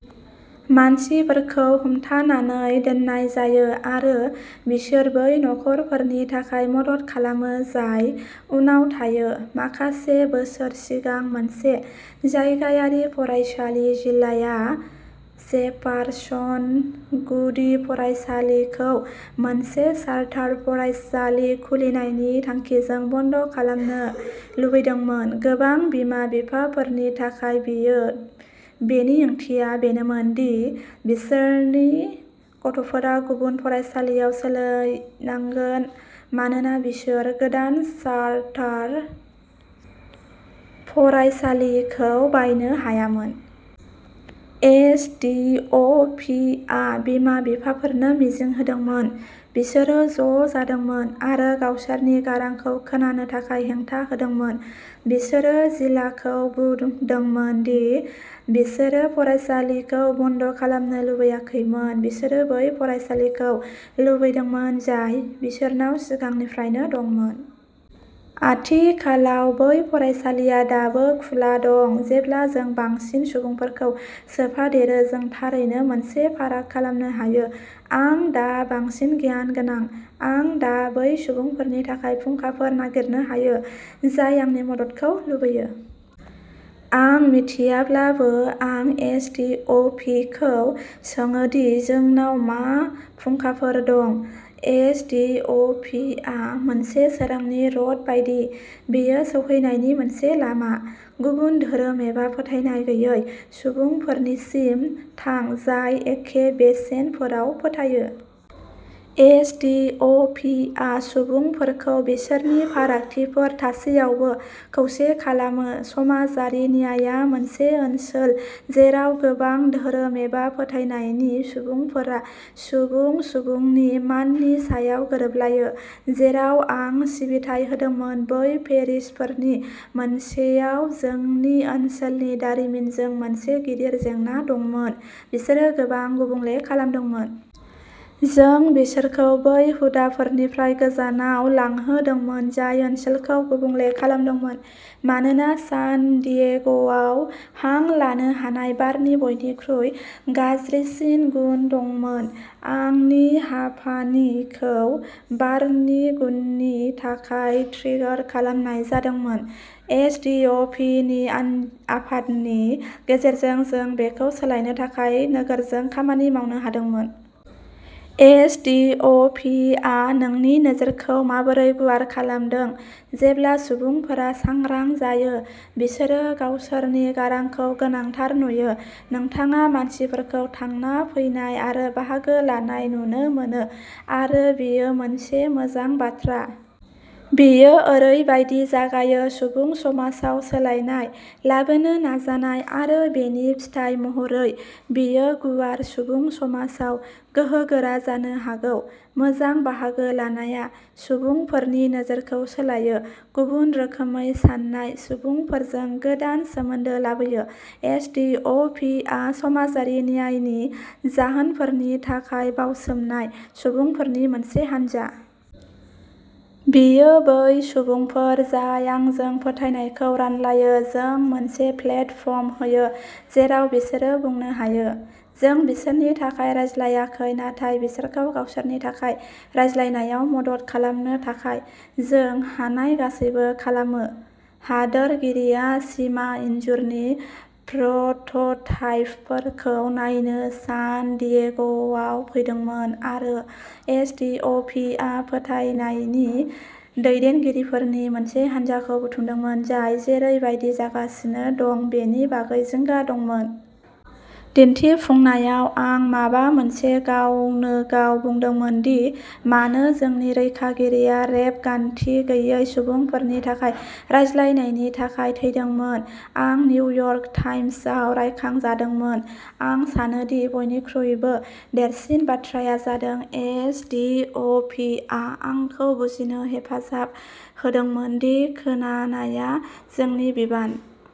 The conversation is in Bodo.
मानसिफोरखौ हमथानानै दोननाय जायो आरो बिसोर बै नखरफोरनि थाखाय मदद खालामो जाय उनाव थायो। माखासे बोसोर सिगां मोनसे जायगायारि फरायसालि जिल्लाया जेफारसन गुदि फरायसालिखौ मोनसे चार्टार फरायसालि खुलिनायनि थांखिजों बन्द खालामनो लुबैदोंमोन। गोबां बिमा बिफाफोरनि थाखाय बेनि ओंथिया बेनोमोन दि बिसोरनि गथ'फोरा गुबुन फरायसालियाव सोलायनांगोन मानोना बिसोर गोदान चार्टार फरायसालिखौ बायनो हायामोन। एस डि अ पि आ बिमा बिफाफोरनो मिजिं होदोंमोन। बिसोरो ज' जादोंमोन आरो गावसोरनि गारांखौ खोनानो थाखाय हेंथा होदोंमोन। बिसोरो जिल्लाखौ बुंदोंमोन दि बिसोरो फरायसालिखौ बन्द खालामनो लुबैयाखैमोन बिसोरो बै फरायसालिखौ लुबैदोंमोन जाय बिसोरनाव सिगांनिफ्रायनो दंमोन। आथिखालाव बै फरायसालिआ दाबो खुला दं। जेब्ला जों बांसिन सुबुंफोरखौ सोफादेरो जों थारैनो मोनसे फाराग खालामनो हायो। आं दा बांसिन गियान गोनां। आं दा बै सुबुंफोरनि थाखाय फुंखाफोर नागिरनो हायो जाय आंनि मददखौ लुबैयो। आं मिथियाब्लाबो आं एस डि अ पि खौ सोङो दि जोंनाव मा फुंखाफोर दं। एस डि अ पि आ मोनसे सोरांनि रड बायदि। बेयो सौहैनायनि मोनसे लामा। गुबुन धोरोम एबा फोथायनाय गैयै सुबुंफोरनिसिम थां जाय एखे बेसेनफोराव फोथायो। एस डि अ पि आ सुबुंफोरखौ बिसोरनि फारागथिफोर थासेयावबो खौसे खालामो। समाजारि न्यायआ मोनसे ओनसोल जेराव गोबां धोरोम एबा फोथायनायनि सुबुंफोरा सुबुं सुबुंनि माननि सायाव गोरोबलायो। जेराव आं सिबिथाय होदोंमोन बै पेरिशफोरनि मोनसेयाव जोंनि ओनसोलनि दारिमिनजों मोनसे गिदिर जेंना दंमोन बिसोरो गोबां गुबुंले खालामदोंमोन। जों बिसोरखौ बै हुदाफोरनिफ्राय गोजानाव लांहोदोंमोन जाय ओनसोलखौ गुबुंले खालामदोंमोन मानोना सान डियेग'आव हां लानो हानाय बारनि बयनिख्रुइ गाज्रिसिन गुन दंमोन आंनि हापानिखौ बारनि गुननि थाखाय ट्रिगार खालामनाय जादोंमोन। एस डि अ पि नि आफादनि गेजेरजों जों बेखौ सोलायनो थाखाय नोगोरजों खामानि मावनो हादोंमोन। एस डि अ पि आ नोंनि नोजोरखौ माबोरै गुवार खालामदों जेब्ला सुबुंफोरा सांग्रां जायो बिसोरो गावसोरनि गारांखौ गोनांथार नुयो। नोंथाङा मानसिफोरखौ थांना फैनाय आरो बाहागो लानाय नुनो मोनो आरो बेयो मोनसे मोजां बाथ्रा। बेयो ओरैबायदि जागायो। सुबुं समाजाव सोलायनाय लाबोनो नाजानाय आरो बेनि फिथाय महरै बेयो गुवार सुबुं समाजाव गोहोगोरा जानो हागौ। मोजां बाहागो लानाया सुबुंफोरनि नोजोरखौ सोलायो गुबुन रोखोमै सान्नाय सुबुंफोरजों गोदान सोमोन्दो लाबोयो। एस डि अ पि आ समाजारि न्यायनि जाहोनफोरनि थाखाय बावसोमनाय सुबुंफोरनि मोनसे हानजा। बेयो बै सुबुंफोर जाय आंजों फोथायनायखौ रानलायो। जों मोनसे प्लेटफर्म होयो जेराव बिसोरो बुंनो हायो। जों बिसोरनि थाखाय रायज्लायाखै नाथाय बिसोरखौ गावसोरनि थाखाय रायज्लायनायाव मदद खालामनो थाखाय जों हानाय गासैबो खालामो। हादोरगिरिया सिमा इनजुरनि प्रोटोटाइपफोरखौ नायनो सान डियेग'आव फैदोंमोन आरो एस डि अ पि आ फोथायनायनि दैदेनगिरिफोरनि मोनसे हानजाखौ बुथुमदोंमोन जाय जेरै बायदि जागासिनो दं बेनि बागै जिंगा दंमोन। दिन्थिफुंनायाव आं माबा मोनसे गावनो गाव बुंदोंमोन दि मानो जोंनि रैखागिरिया रेबगान्थि गैयै सुबुंफोरनि थाखाय रायज्लायनायनि थाखाय थैदोंमोन। आं निउयर्क टाइम्सआव रायखांजादोंमोन। आं सानोदि बयनिख्रुइबो देरसिन बाथ्राया जादों एस डि अ पि आ आंखौ बुजिनो हेफाजाब होदोंमोन दि खोनानाया जोंनि बिबान।